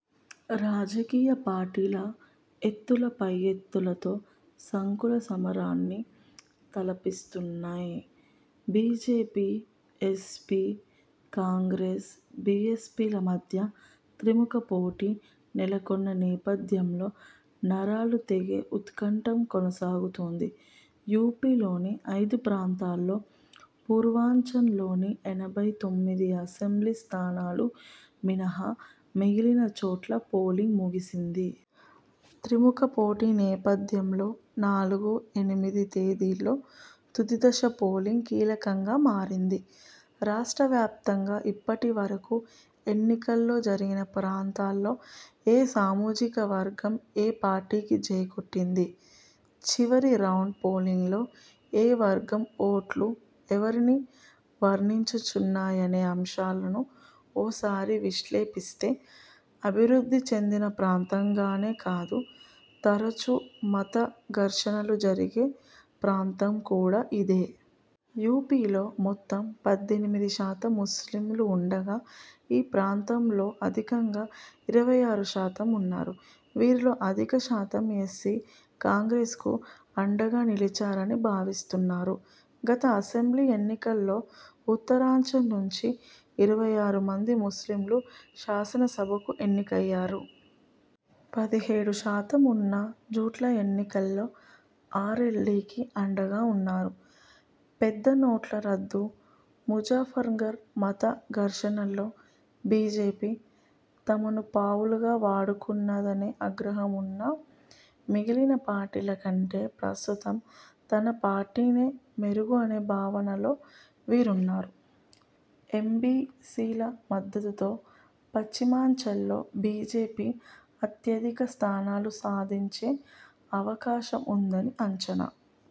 రాజకీయ పార్టీల ఎత్తుల పై ఎత్తులతో సంకుల సమరాన్ని తలపిస్తున్నాయి. బీజేపీ, ఎస్పీ, కాంగ్రెస్, బీఎస్పీల మధ్య త్రిముఖ పోటీ నెలకొన్న నేపథ్యంలో నరాలు తెగే ఉత్కంఠం కొనసాగుతుంది. యూపీలోని ఐదు ప్రాంతాల్లో పూర్వాంచంల్లోని ఎనభై తొమ్మిది అసెంబ్లీ స్థానాలు మినహా మిగిలిన చోట్ల పోలింగ్ ముగిసింది. త్రిముఖ పోటీ నేపథ్యంలో నాలుగు, ఎనిమిది తేదీల్లో తుదిదశ పోలింగ్ కీలకంగా మారింది. రాష్ట్ర వ్యాప్తంగా ఇప్పటి వరకు ఎన్నికలు జరిగిన ప్రాంతాల్లో ఏ సామూజిక వర్గం ఏ పార్టీకి జై కొట్టింది? చివరి రౌండ్ పోలింగ్లో ఏ వర్గం ఓట్లు ఎవరిని వర్ణించుచున్నాయనే అంశాలను ఓ సారి విశ్లేపిస్తే, అభివృద్ధి చెందిన ప్రాంతం గానే కాదు తరచూ మత ఘర్షణలు జరిగే ప్రాంతం కూడా ఇదే. యూపీలో మొత్తం పద్దెనిమిది శాతం ముస్లింలు ఉండగా ఈ ప్రాంతంలో అధికంగా ఇరవై ఆరు శాతం ఉన్నారు. వీరిలో అధిక శాతం ఎస్పీ, కాంగ్రెస్ కు అండగా నిలిచారని భావిస్తున్నారు. గత అసెంబ్లీ ఎన్నికల్లో ఉత్తరాంచల్ నుంచి ఇరవై ఆరు మంది ముస్లింలు శాసన సభకు ఎన్నికయ్యారు. పదిహేడు శాతం ఉన్న జూట్ల ఎన్నికల్లో అర్ఎల్డీకి అండగా ఉన్నారు. పెద్ద నోట్ల రద్దు, ముజఫర్గర్ మత ఘర్షణల్లో బీజేపీ తమను పావులుగా వాడుకున్నదనే అగ్రహం ఉన్నా మిగిలిన పార్టీల కంటే ప్రస్తుతం తన పార్టీనే మెరుగు అనే భావనలో వీరున్నారు. ఎంబీసీల మద్దతుతో పశ్చిమాంచల్లో బీజేపీ అత్యధిక స్థానాలు సాధించే అవకాశం ఉందని అంచనా.